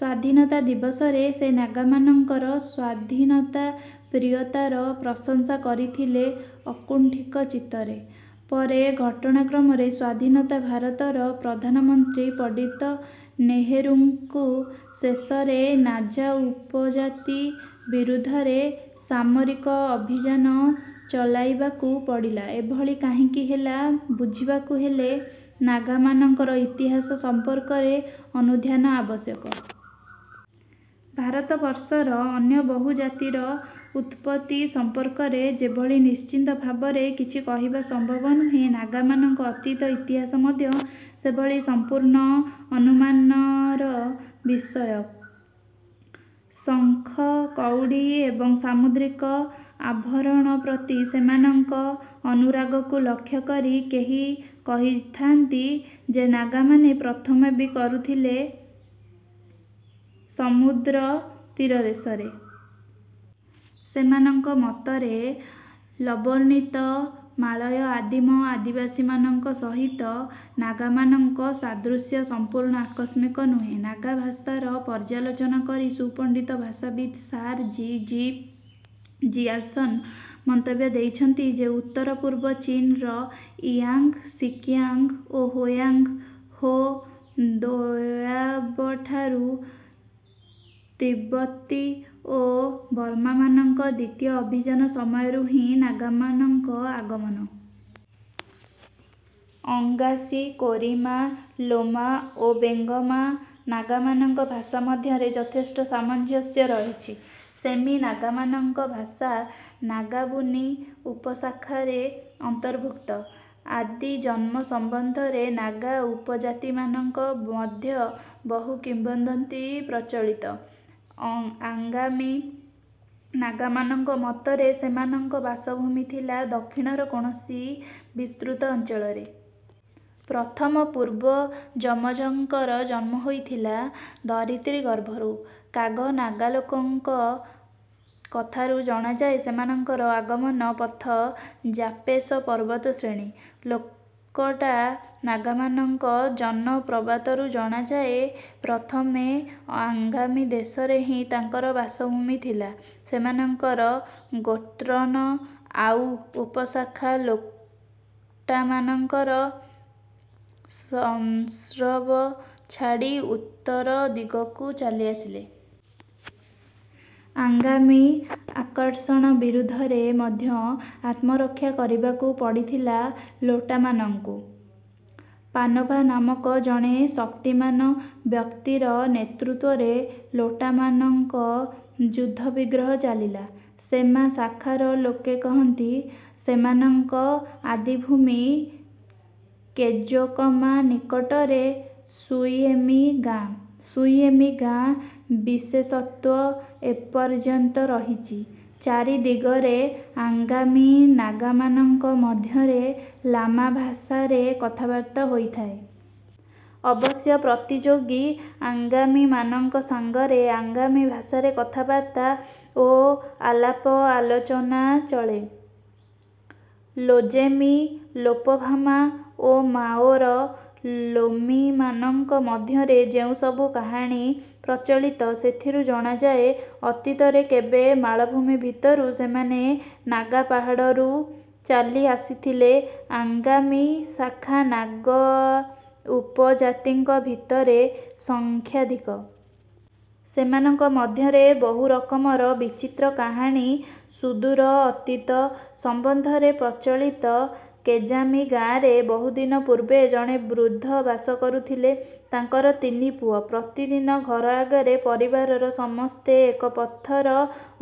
ସ୍ୱାଧୀନତା ଦିବସରେ ସେ ନାଗାମାନଙ୍କର ସ୍ୱାଧୀନତାପ୍ରିୟତାର ପ୍ରଶଂସା କରିଥିଲେ ଅକୁଣ୍ଠିତ ଚିତ୍ତରେ। ପରେ ଘଟଣାକ୍ରମରେ ସ୍ୱାଧୀନତା ଭାରତର ପ୍ରଧାନମନ୍ତ୍ରୀ ପଣ୍ଡିତ ନେହେରୁଙ୍କୁ ଶେଷରେ ନାଜା ଉପଜାତି ବିରୁଦ୍ଧରେ ସାମରିକ ଅଭିଯାନ ଚଳାଇବାକୁ ପଡ଼ିଲା। ଏଭଳି କାହିଁକି ହେଲା, ବୁଝିବାକୁ ହେଲେ ନାଗାମାନଙ୍କର ଇତିହାସ ସମ୍ପର୍କରେ ଅନୁଧ୍ୟାନ ଆବଶ୍ୟକ। ଭାରତବର୍ଷର ଅନ୍ୟ ବହୁ ଜାତିର ଉତ୍ପତ୍ତି ସମ୍ପର୍କରେ ଯେଭଳି ନିଶ୍ଚିତ ଭାବରେ କିଛି କହିବା ସମ୍ଭବ ନୁହେଁ, ନାଗାମାନଙ୍କର ଅତୀତ ଇତିହାସ ମଧ୍ୟ ସେଭଳି ସମ୍ପୂର୍ଣ୍ଣ ଅନୁମାନର ବିଷୟ। ଶଙ୍ଖ, କଉଡ଼ି ଏବଂ ସାମୁଦ୍ରିକ ଆଭରଣ ପ୍ରତି ସେମାନଙ୍କ ଅନୁରାଗକୁ ଲକ୍ଷ୍ୟକରି କେହି କହିଥାଆନ୍ତି ଯେ ନାଗାମାନେ ପ୍ରଥମେ ବା କରୁଥିଲେ ସମୁଦ୍ର ତୀରଦେଶରେ। ସେମାନଙ୍କ ମତରେ ଳବୋର୍ଣ୍ଣିତ, ମାଳୟ ଆଦିମ ଆଦିବାସୀମାନଙ୍କ ସହିତ ନାଗାମାନଙ୍କର ସାଦୃଶ୍ୟ ସମ୍ପୂର୍ଣ୍ଣ ଆକସ୍ମିକ ନୁହେଁ। ନାଗା ଭାଷାର ପର୍ଯ୍ୟାଲୋଚନା କରି ସୁପଣ୍ଡିତ ଭାଷାବିତ୍ ସାର ଜି. ଜି. ଜିୟାର୍ସନ ମନ୍ତବ୍ୟ ଦେଇଛନ୍ତି ଯେ ଉତ୍ତର-ପୂର୍ବ ଚୀନ୍ର ଇୟାଂଗ୍, ସିକିୟାଂଗ ଓ ହୋୟାଂଗ ହୋ ଦୋୟାବଠାରୁ ତିବ୍ବତୀ ଓ ବର୍ମାମାନଙ୍କ ଦ୍ୱିତୀୟ ଅଭିଯାନ ସମୟରୁ ହିଁ ନାଗାମାନଙ୍କ ଆଗମନ। ଅଙ୍ଗାସି, କୋରିମା, ଲୋମା ଓ ବେଙ୍ଗମା ନାଗାମାନଙ୍କ ଭାଷା ମଧ୍ୟରେ ଯଥେଷ୍ଟ ସାମଞ୍ଜସ୍ୟ ରହିଚି। ସେମି ନାଗାମନଙ୍କ ଭାଷା ନାଗାବୁନି ଉପଶାଖାରେ ଅନ୍ତର୍ଭୁକ୍ତ। ଆଦି ଜନ୍ମ ସମ୍ୱନ୍ଧରେ ନାଗା ଉପଜାତିମାନଙ୍କ ମଧ୍ୟ ବହୁ କିମ୍ୱଦନ୍ତୀ ପ୍ରଚଳିତ। ଆଙ୍ଗାମି ନାଗାମାନଙ୍କ ମତରେ ସେମାନଙ୍କ ବାସଭୂମି ଥିଲା ଦକ୍ଷିଣର କୌଣସି ବିସ୍ତୃତ ଅଞ୍ଚଳରେ। ପ୍ରଥମ ପୂର୍ବ ଯମଜଙ୍କର ଜନ୍ମ ହୋଇଥିଲା ଧରିତ୍ରୀ ଗର୍ଭରୁ। କାଗ ନାଗାଲୋକଙ୍କ କଥାରୁ ଜଣାଯାଏ, ସେମାନଙ୍କର ଆଗମନ ପଥ ଜାପେସ ପର୍ବତ ଶ୍ରେଣୀ। ଲୋକଟା ନାଗାମନଙ୍କ ଜନ-ପ୍ରବାଦରୁ ଜଣାଯାଏ, ପ୍ରଥମେ ଆଙ୍ଗାମି ଦେଶରେ ହିଁ ତାଙ୍କର ବାସଭୂମି ଥିଲା। ସେମାନଙ୍କର ଗୋତ୍ରନ ''ଆଉ'' ଉପଶାଖା ଲୋଟାମାନଙ୍କ ସଂସ୍ରବ ଛାଡ଼ି ଉତ୍ତର ଦିଗକୁ ଚାଲିଆସିଲେ। ଆଙ୍ଗାମି ଆକ୍ରମଣ ବିରୁଦ୍ଧରେ ମଧ୍ୟ ଆତ୍ମରକ୍ଷା କରିବାକୁ ପଡ଼ିଥିଲା ଲୋଟାମାନଙ୍କୁ। ପାନୋଭା ନାମକ ଜଣେ ଶକ୍ତିମାନ ବ୍ୟକ୍ତିର ନେତୃତ୍ୱରେ ଲୋଟାମନଙ୍କ ଯୁଦ୍ଧବିଗ୍ରହ ଚାଲିଲା। ସେମା ଶାଖାର ଲୋକେ କହନ୍ତି, ସେମାନଙ୍କ ଆଦିଭୂମି କେଜୋକମା ନିକଟରେ ସୁଇଏମି ଗାଁ। ସୁଇଏମି ଗାଁର ବିଶେଷତ୍ୱ ଏପର୍ଯ୍ୟନ୍ତ ରହିଚି। ଚାରି ଦିଗରେ ଆଙ୍ଗାମି ନାଗାମାନଙ୍କ ମଧ୍ୟରେ ଲାମା ଭାଷାରେ କଥାବାର୍ତ୍ତା ହୋଇଥାଏ। ଅବଶ୍ୟ ପ୍ରତିଯୋଗୀ ଆଙ୍ଗାମିମାନଙ୍କ ସାଙ୍ଗରେ ଆଙ୍ଗାମି ଭାଷାରେ କଥାବାର୍ତ୍ତା ଓ ଆଲାପ ଆଲୋଚନା ଚଳେ। ଲୋଜେମି ଲୋପଭାମା ଓ ମାଓର ଲୋମୀମାନଙ୍କ ମଧ୍ୟରେ ଯେଉଁ ସବୁ କାହାଣୀ ପ୍ରଚଳିତ ସେଥିରୁ ଜଣାଯାଏ, ଅତୀତରେ କେବେ ମାଳଭୂମି ଭିତରୁ ସେମାନେ ନାଗା ପାହାଡ଼ରୁ ଚାଲି ଆସିଥିଲେ। ଆଙ୍ଗାମି ଶାଖା ନାଗା ଉପଜାତିଙ୍କ ଭିତରେ ସଂଖ୍ୟାଧିକ। ସେମାନଙ୍କ ମଧ୍ୟରେ ବହୁ ରକମର ବିଚିତ୍ର କାହାଣୀ ସୁଦୂର ଅତୀତ। ସମ୍ୱନ୍ଧରେ ପ୍ରଚଳିତ। କେଜାମି ଗାଁରେ ବହୁଦିନ ପୂର୍ବେ ଜଣେ ବୃଦ୍ଧ ବାସ କରୁଥିଲେ। ତାଙ୍କର ତିନି ପୁଅ। ପ୍ରତିଦିନ ଘର ଆଗରେ ପରିବାରର ସମସ୍ତେ ଏକ ପଥର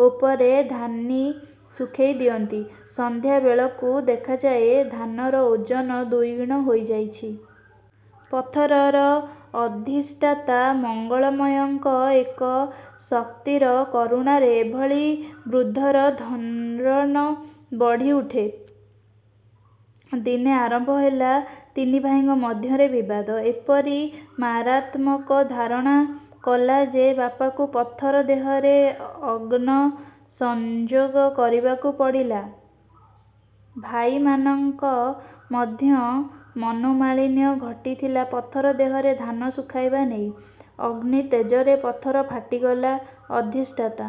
ଉପରେ ଧାନି ଶୁଖେଇ ଦିଅନ୍ତି। ସନ୍ଧ୍ୟା ବେଳକୁ ଦେଖାଯାଏ, ଧାନର ଓଜନ ଦୁଇଗୁଣ ହୋଇଯାଇଚି। ପଥରର ଅଧିଷ୍ଠାତା ମଙ୍ଗଳମୟଙ୍କ ଏକ ଶକ୍ତିର କରୁଣାରେ ଏଭଳି ବୃଦ୍ଧର ଧରନ ବଢିଉଠେ। ଦିନେ ଆରମ୍ଭ ହେଲା ତିନି ଭାଇଙ୍କ ମଧ୍ୟରେ ବିବାଦ। ଏପରି ମାରାତ୍ମକ ଧାରଣ କଲା ଯେ ବାପକୁ ପଥର ଦେହରେ ଅଗ୍ନ ସଞ୍ଜୋଗ କରିବାକୁ ପଡ଼ିଲା। ଭାଇମାନଙ୍କ ମଧ୍ୟ ମନୋମାଳିନ୍ୟ ଘଟିଥିଲା ପଥର ଦେହରେ ଧାନ ଶୁଖେଇବା ନେଇ। ଅଗ୍ନି ତେଜରେ ପଥର ଫାଟିଗଲା। ଅଧିଷ୍ଠାତା